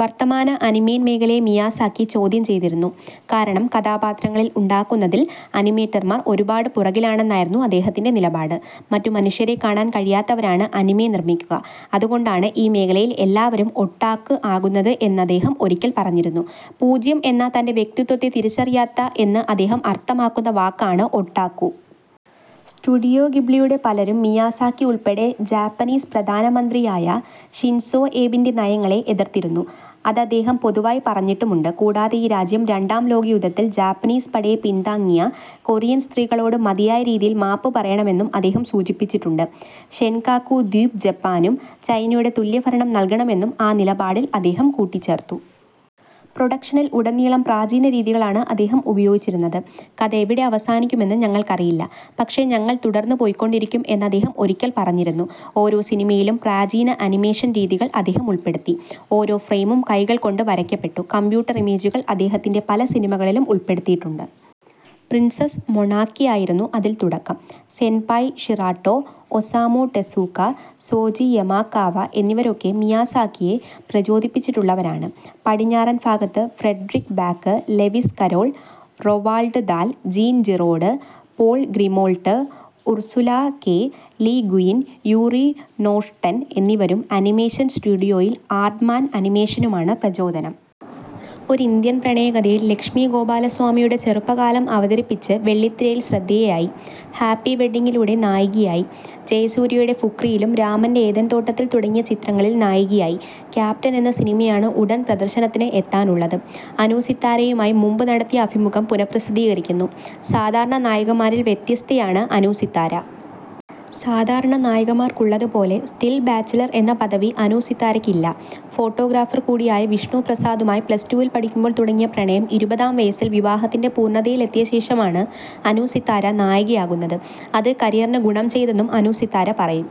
വർത്തമാന അനിമേൻ മേഖലയെ മിയാസാക്കി ചോദ്യം ചെയ്തിരുന്നു, കാരണം കഥാപാത്രങ്ങളിൽ ഉണ്ടാക്കുന്നതിൽ അനിമേറ്റർമാർ ഒരുപാട് പുറകിലാണെന്നായിരുന്നു അദ്ദേഹത്തിന്റെ നിലപാട്. മറ്റു മനുഷ്യരെ കാണാൻ കഴിയാത്തവരാണ് അനിമെ നിർമ്മിക്കുക, അതുകൊണ്ടാണ് ഈ മേഖലയിൽ എല്ലാവരും ഒട്ടാക്കു ആകുന്നത് എന്നദ്ദേഹം ഒരിക്കൽ പറഞ്ഞിരുന്നു. പൂജ്യം എന്ന, തന്റെ വ്യക്തിത്വത്തെ തിരിച്ചറിയാത്ത എന്ന് അദ്ദേഹം അർത്ഥമാക്കുന്ന വാക്കാണ് ഒട്ടാക്കു. സ്റ്റുഡിയോ ഗിബ്ലിയുടെ പലരും, മിയാസാക്കി ഉൾപ്പെടെ ജാപ്പനീസ് പ്രധാന മന്ത്രിയായ ഷിൻസോ ഏബിന്റെ നയങ്ങളെ എതിർത്തിരുന്നു. അതദ്ദേഹം പൊതുവായി പറഞ്ഞിട്ടുമുണ്ട്. കൂടാതെ ഈ രാജ്യം രണ്ടാം ലോകയുദ്ധത്തിൽ ജാപ്പനീസ് പടയെ പിൻതാങ്ങിയ കൊറിയൻ സ്ത്രീകളോട് മതിയായ രീതിയിൽ മാപ്പ് പറയണമെന്നും അദ്ദേഹം സൂചിപ്പിച്ചിട്ടുണ്ട്. ഷെൻകാക്കു ദ്വീബ് ജപ്പാനും, ചൈനയുടെ തുല്യ ഭരണം നൽകണമെന്നും ആ നിലപാടിൽ അദ്ദേഹം കൂട്ടിച്ചേർത്തു. പ്രൊഡക്ഷനിൽ ഉടനീളം പ്രാചീന രീതികളാണ് അദ്ദേഹം ഉപയോഗിച്ചിരുന്നത്, കഥ എവിടെ അവസാനിക്കുമെന്ന് ഞങ്ങൾക്കറിയില്ല, പക്ഷെ ഞങ്ങൾ തുടർന്ന് പോയിക്കൊണ്ടിരിക്കും എന്ന് അദ്ദേഹം ഒരിക്കൽ പറഞ്ഞിരുന്നു. ഓരോ സിനിമയിലും, പ്രാചീന അനിമേഷൻ രീതികൾ അദ്ദേഹം ഉൾപ്പെടുത്തി. ഓരോ ഫ്രെയിമും കൈകൾകൊണ്ട് വരക്കപ്പെട്ടു. കമ്പ്യൂട്ടർ ഇമേജുകൾ അദ്ദേത്തിന്റെ പല സിനിമകളിലും ഉൾപ്പെടുത്തിയിട്ടുണ്ട്. പ്രിൻസസ് മൊണാക്കയായിരുന്നു അതിൽ തുടക്കം. Sanpei Shirato, Osamu Tezuka, Soji Yamakawa എന്നിവരൊക്കെ മിയാസാക്കിയെ പ്രചോദിപ്പിച്ചിട്ടുള്ളവരാണ്, പടിഞ്ഞാറൻ ഭാഗത്ത് Frederic Back, Lewis Carroll, Roald Dahl, Jean Giraud, Paul Grimault, Ursula K. Le Guin, Yuri Norstein എന്നിവരും, അനിമേഷൻ സ്റ്റുഡിയോയിൽ ആർഡ്മാൻ അനിമേഷനുമാണ് പ്രചോദനം. ഒരു ഇന്ത്യൻ പ്രണയകഥയിൽ ലക്ഷ്മി ഗോപാലസ്വാമിയുടെ ചെറുപ്പകാലം അവതരിപ്പിച്ച് വെള്ളിത്തിരയിൽ ശ്രദ്ധേയയായി. ഹാപ്പി വെഡ്ഡിംഗിലൂടെ നായികയായി. ജയസൂര്യയുടെ ഫുക്രിയിലും രാമന്റെ ഏദൻതോട്ടത്തിൽ തുടങ്ങിയ ചിത്രങ്ങളിൽ നായികയായി. ക്യാപ്റ്റൻ എന്ന സിനിമയാണ് ഉടൻ പ്രദർശനത്തിന് എത്താനുള്ളത്. അനുസിത്താരയുമായി മുമ്പ് നടത്തിയ അഭിമുഖം പുനഃപ്രസിദ്ധീകരിക്കുന്നു. സാധാരണ നായികമാരിൽ വ്യത്യസ്തയാണ് അനു സിത്താര. സാധാരണ നായികമാർക്കുള്ളതുപോലെ 'സ്റ്റിൽ ബാച്ചിലർ' എന്ന പദവി അനു സിത്താരയ്ക്ക് ഇല്ല. ഫോട്ടോഗ്രാഫർ കൂടിയായ വിഷ്ണുപ്രസാദുമായി പ്ലസ് ടു വിൽ പഠിക്കുമ്പോൾ തുടങ്ങിയ പ്രണയം ഇരുപതാം വയസ്സിൽ വിവാഹത്തിന്റെ പൂർണതയിലെത്തിയ ശേഷമാണ് അനു സിത്താര നായികയാകുന്നത്. അത് കരിയറിന് ഗുണം ചെയ്തെന്നും അനു സിത്താര പറയും.